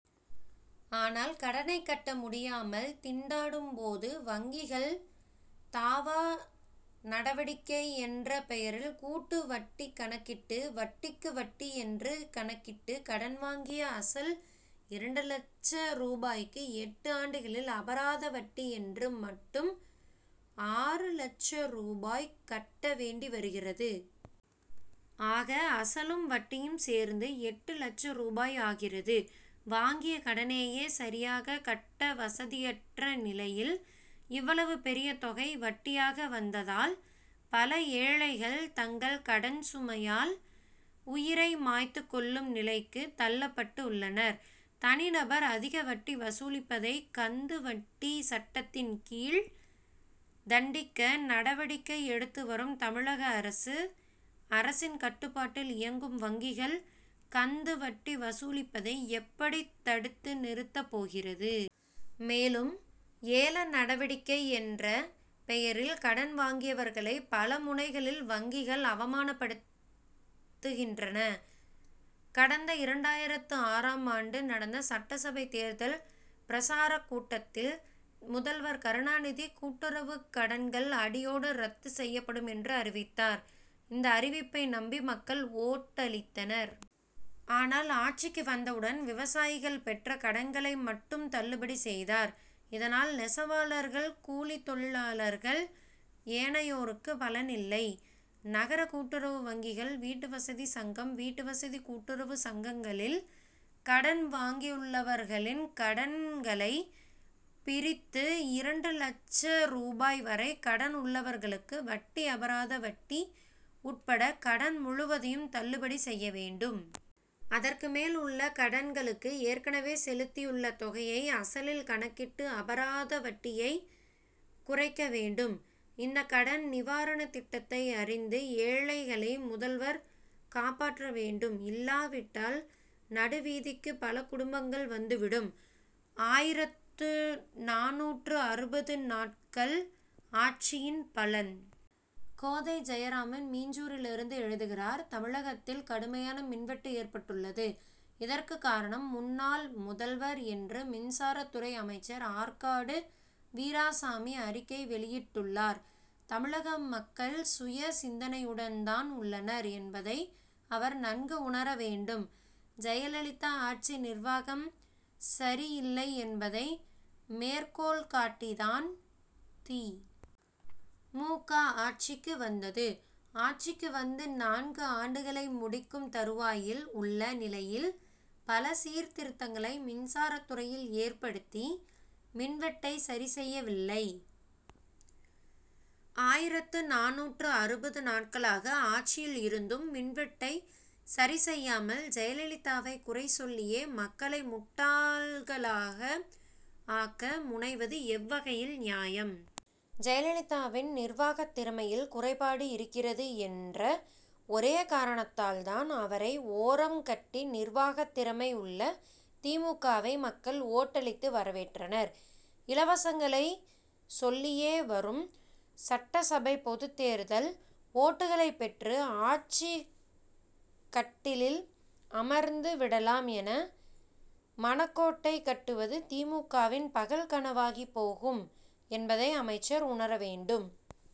ஆனால் கடனை கட்ட முடியாமல் திண்டாடும் போது வங்கிகள் தாவா நடவடிக்கை என்ற பெயரில் கூட்டு வட்டி கணக்கிட்டு வட்டிக்கு வட்டி என்று கணக்கிட்டு கடன் வாங்கிய அசல் இரண்டு லட்ச ரூபாய்க்கு எட்டு ஆண்டுகளில் அபராத வட்டி என்று மட்டும் ஆறு லட்ச ரூபாய் கட்ட வேண்டி வருகிறது. ஆக அசலும் வட்டியும் சேர்ந்து எட்டு லட்ச ரூபாய் ஆகிறது. வாங்கிய கடனையே சரியாக கட்ட வசதியற்ற நிலையில் இவ்வளவு பெரிய தொகை வட்டியாக வந்ததால் பல ஏழைகள் தங்கள் கடன் சுமையால் உயிரை மாய்த்து கொள்ளும் நிலைக்கு தள்ளப்பட்டு உள்ளனர். தனி நபர் அதிக வட்டி வசூலிப்பதை கந்து வட்டி சட்டத்தின் கீழ் தண்டிக்க நடவடிக்கை எடுத்து வரும் தமிழக அரசு அரசின் கட்டுப்பாட்டில் இயங்கும் வங்கிகள் கந்து வட்டி வசூலிப்பதை எப்படி தடுத்து நிறுத்த போகிறது? மேலும் ஏல நடவடிக்கை என்ற பெயரில் கடன் வாங்கியவர்களை பல முனைகளில் வங்கிகள் அவமானப்படுத்துகின்றன. கடந்த இரண்டாயிரத்து ஆறாம் ஆண்டு நடந்த சட்டசபை தேர்தல் பிரசாரக் கூட்டத்தில் முதல்வர் கருணாநிதி கூட்டுறவுக் கடன்கள் அடியோடு ரத்து செய்யப்படும் என்று அறிவித்தார். இந்த அறிவிப்பை நம்பி மக்கள் ஓட்டளித்தனர். ஆனால் ஆட்சிக்கு வந்தவுடன் விவசாயிகள் பெற்ற கடன்களை மட்டும் தள்ளுபடி செய்தார். இதனால் நெசவாளர்கள் கூலித் தொழிலாளர்கள் மற்றும் ஏனையோருக்கு பலன் இல்லை. நகர கூட்டுறவு வங்கிகள் வீட்டுவசதி சங்கம் வீட்டுவசதி கூட்டுறவு சங்கங்களில் கடன் வாங்கியுள்ளவர்களின் கடன் களை பிரித்து இரண்டு லட்ச ரூபாய் வரை கடன் உள்ளவர்களுக்கு வட்டி அபராத வட்டி உட்பட கடன் முழுவதையும் தள்ளுபடி செய்ய வேண்டும். அதற்கு மேல் உள்ள கடன் களுக்கு ஏற்கனவே செலுத்தியுள்ள தொகையை அசலில் கணக்கிட்டு அபராத வட்டியை குறைக்க வேண்டும். இந்த கடன் நிவாரண திட்டத்தை அறிந்து ஏழைகளை முதல்வர் காப்பாற்ற வேண்டும். இல்லாவிட்டால் நடுவீதிக்கு பல குடும்பங்கள் வந்து விடும். ஆயிரத்து நானூற்று அறுபது நாட்கள் ஆட்சியின் பலன்? கோதை ஜெயராமன் மீஞ்சூரிலிருந்து எழுதுகிறார் தமிழகத்தில் கடுமையான மின்வெட்டு ஏற்பட்டுள்ளது. இதற்கு காரணம் முன்னாள் முதல்வர் என்று மின்சாரத்துறை அமைச்சர் ஆற்காடு வீராசாமி அறிக்கை வெளியிட்டுள் ளார். தமிழக மக்கள் சுய சிந்தனையுடன் தான் உள்ளனர் என்பதை அவர் நன்கு உணர வேண்டும். ஜெயலலிதா ஆட்சி நிர்வாகம் சரியில்லை என்பதை மேற்கோள் காட்டி தான் தி. மு. க. ஆட்சிக்கு வந்தது. ஆட்சிக்கு வந்து நான்கு ஆண்டுகளை முடிக்கும் தருவாயில் உள்ள நிலையில் பல சீர்திருத்தங்களை மின்சாரத்துறையில் ஏற்படுத்தி மின் வெட்டை சரி செய்யவில்லை. ஆயிரத்து நானூற்று அறுபது நாட்களாக ஆட்சியில் இருந்தும் மின்வெட்டை சரி செய்யாமல் ஜெயலலிதாவை குறை சொல்லியே மக்களை முட் டாள்களாக ஆக்க முனைவது எவ்வகையில் நியாயம்? ஜெயலலிதாவின் நிர்வாகத் திறமையில் குறைபாடு இருக்கிறது என்ற ஒரே காரணத்தால் தான் அவரை ஓரம் கட்டி நிர்வாகத் திறமை உள்ள தி. மு. க.வை மக்கள் ஓட்டளித்து வரவேற்றனர். இலவசங்களை சொல் லியே வரும் சட்டசபை பொதுத்தேர்தல் ஓட்டுகளை பெற்று ஆட்சி கட்டிலில் அமர்ந்து விடலாம் என மனக்கோட்டை கட்டுவது தி. மு. க.வின் பகல் கனவாகி போகும் என்பதை அமைச்சர் உணர வேண்டும்.